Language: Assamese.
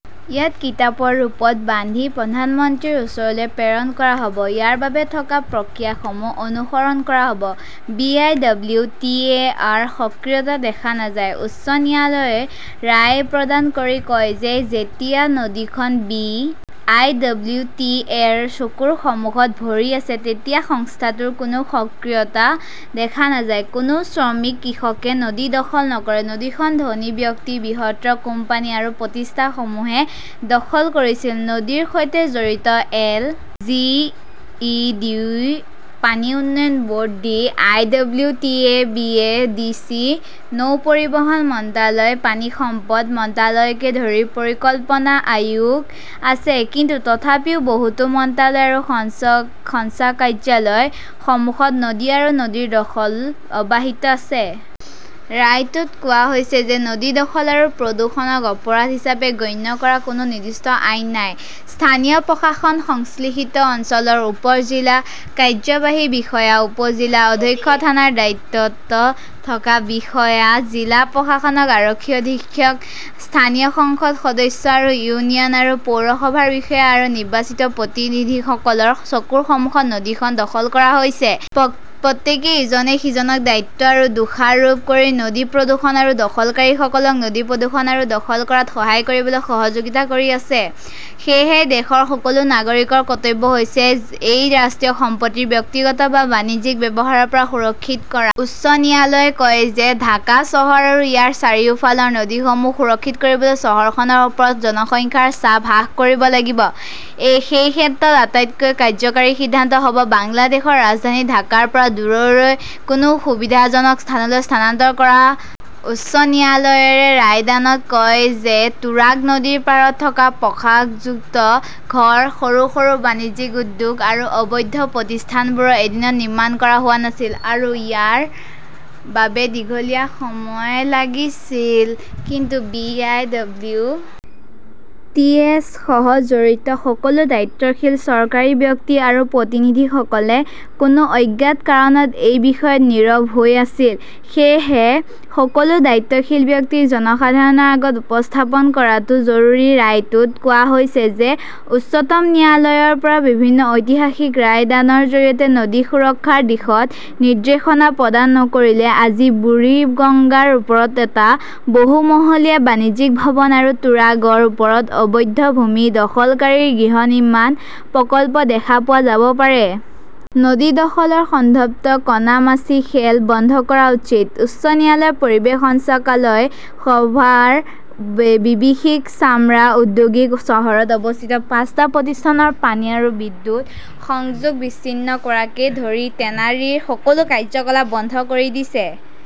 ইয়াক কিতাপৰ ৰূপত বান্ধি প্ৰধানমন্ত্ৰীৰ ওচৰলৈ প্ৰেৰণ কৰা হ'ব। ইয়াৰ বাবে থকা প্ৰক্ৰিয়াসমূহ অনুসৰণ কৰা হ'ব। বি. আই. ডব্লিউ. টি. এ.ৰ সক্ৰিয়তা দেখা নাযায়, উচ্চ ন্যায়ালয়ে ৰায় প্ৰদান কৰি কয় যে, যেতিয়া নদীখন বি. আই. ডব্লিউ. টি. এ.ৰ চকুৰ সন্মুখত ভৰি আছে তেতিয়া সংস্থাটোৰ কোনো সক্ৰিয়তা দেখা নাযায়। কোনো শ্ৰমিক, কৃষকে নদী দখল নকৰে। নদীখন ধনী ব্যক্তি, বৃহৎ কোম্পানী আৰু প্ৰতিষ্ঠানসমূহে দখল কৰিছিল। নদীৰ সৈতে জড়িত এল. জি. ই. ডি., পানী উন্নয়ন board, B. I. W. T. A., B. A. D. C., নৌ পৰিবহণ মন্ত্ৰালয়, পানী সম্পদ মন্ত্ৰালয়কে ধৰি পৰিকল্পনা আয়োগ আছে। কিন্তু তথাপিও বহুতো মন্ত্ৰালয় আৰু সঞ্চ‌ক সঞ্চালকাযায়ৰ সন্মুখত নদী আৰু নদীৰ দখল অব্যাহিত আছে। ৰায়টোত কোৱা হৈছে যে, নদী দখল আৰু প্ৰদূষণক অপৰাধ হিচাপে গণ্য কৰা কোনো নিৰ্দিষ্ট আইন নাই। স্থানীয় প্ৰশাসন, সংশ্লিষ্ট অঞ্চলৰ উপ-জিলা কাৰ্যবাহী বিষয়া, উপ-জিলা অধ্যক্ষ, থানাৰ দায়িত্বত থকা বিষয়া, জিলা প্ৰশাসক, আৰক্ষী অধীক্ষক, স্থানীয় সংসদ সদস্য আৰু ইউনিয়ন আৰু পৌৰসভাৰ বিষয়া আৰু নিৰ্বাচিত প্ৰতিনিধিসকলৰ চকুৰ সন্মুখত নদীখন দখল কৰা হৈছে। প্ৰত্যেকেই ইজনে সিজনক দায়িত্ব আৰু দোষাৰোপ কৰি নদী প্ৰদূষণ আৰু দখলকাৰীসকলক নদী প্ৰদূষণ আৰু দখল কৰাত সহায় কৰিবলৈ সহযোগিতা কৰি আছে। সেয়েহে, দেশৰ সকলো নাগৰিকৰ কৰ্তব্য হৈছে এই ৰাষ্ট্ৰীয় সম্পত্তি ব্যক্তিগত বা বাণিজ্যিক ব্যৱহাৰৰ পৰা সুৰক্ষিত কৰা। উচ্চ ন্যায়ালয়ে কয় যে, ঢাকা চহৰ আৰু ইয়াৰ চাৰিওফালৰ নদীসমূহ সুৰক্ষিত কৰিবলৈ চহৰখনৰ ওপৰত জনসংখ্যাৰ চাপ হ্ৰাস কৰিব লাগিব। সেই ক্ষেত্ৰত আটাইতকৈ কাৰ্যকৰী সিদ্ধান্ত হ'ব বাংলাদেশৰ ৰাজধানী ঢাকাৰ পৰা দূৰৈৰ কোনো সুবিধাজনক স্থানলৈ স্থানান্তৰ কৰা। উচ্চ ন্যায়ালয়ে ৰায়দানত কয় যে, তুৰাগ নদীৰ পাৰত থকা প্ৰাসাদযুক্ত ঘৰ, সৰু সৰু বাণিজ্যিক উদ্যোগ আৰু অবৈধ প্ৰতিষ্ঠানবোৰ এদিনত নিৰ্মাণ কৰা হোৱা নাছিল আৰু ইয়াৰ বাবে দীঘলীয়া সময় লাগিছিল। কিন্তু B. I. W. T. S. সহ জড়িত সকলো দায়িত্বশীল চৰকাৰী ব্যক্তি আৰু প্ৰতিনিধিসকলে কোনো অজ্ঞাত কাৰণত এই বিষয়ত নীৰৱ হৈ আছিল। সেয়েহে সকলো দায়িত্বশীল ব্যক্তিক জনসাধাৰণৰ আগত উপস্থাপন কৰাটো জৰুৰী। ৰায়টোত কোৱা হৈছে যে, উচ্চতম ন্যায়ালয়ৰ পৰা বিভিন্ন ঐতিহাসিক ৰায়দানৰ জৰিয়তে নদী সুৰক্ষাৰ দিশত নিৰ্দেশনা প্ৰদান নকৰিলে আজি বুৰিগঙ্গাৰ ওপৰত এটা বহুমহলীয়া বাণিজ্যিক ভৱন বা তুৰাগৰ ওপৰত অবৈধ ভূমি দখলকাৰীৰ গৃহ নিৰ্মাণ প্ৰকল্প দেখা পোৱা যাব পাৰে। নদী দখলৰ সন্দৰ্ভত কনামাচি খেল বন্ধ কৰা উচিতঃ উচ্চ ন্যায়ালয় পৰিৱেশ সঞ্চালকালয়ই সভাৰ বি বিভিসিক চামৰা ঔদ্যোগিক চহৰত অৱস্থিত পাঁচটা প্ৰতিষ্ঠানৰ পানী আৰু বিদ্যুৎ সংযোগ বিচ্ছিন্ন কৰাকে ধৰি টেনাৰীৰ সকলো কাৰ্যকলাপ বন্ধ কৰি দিছে।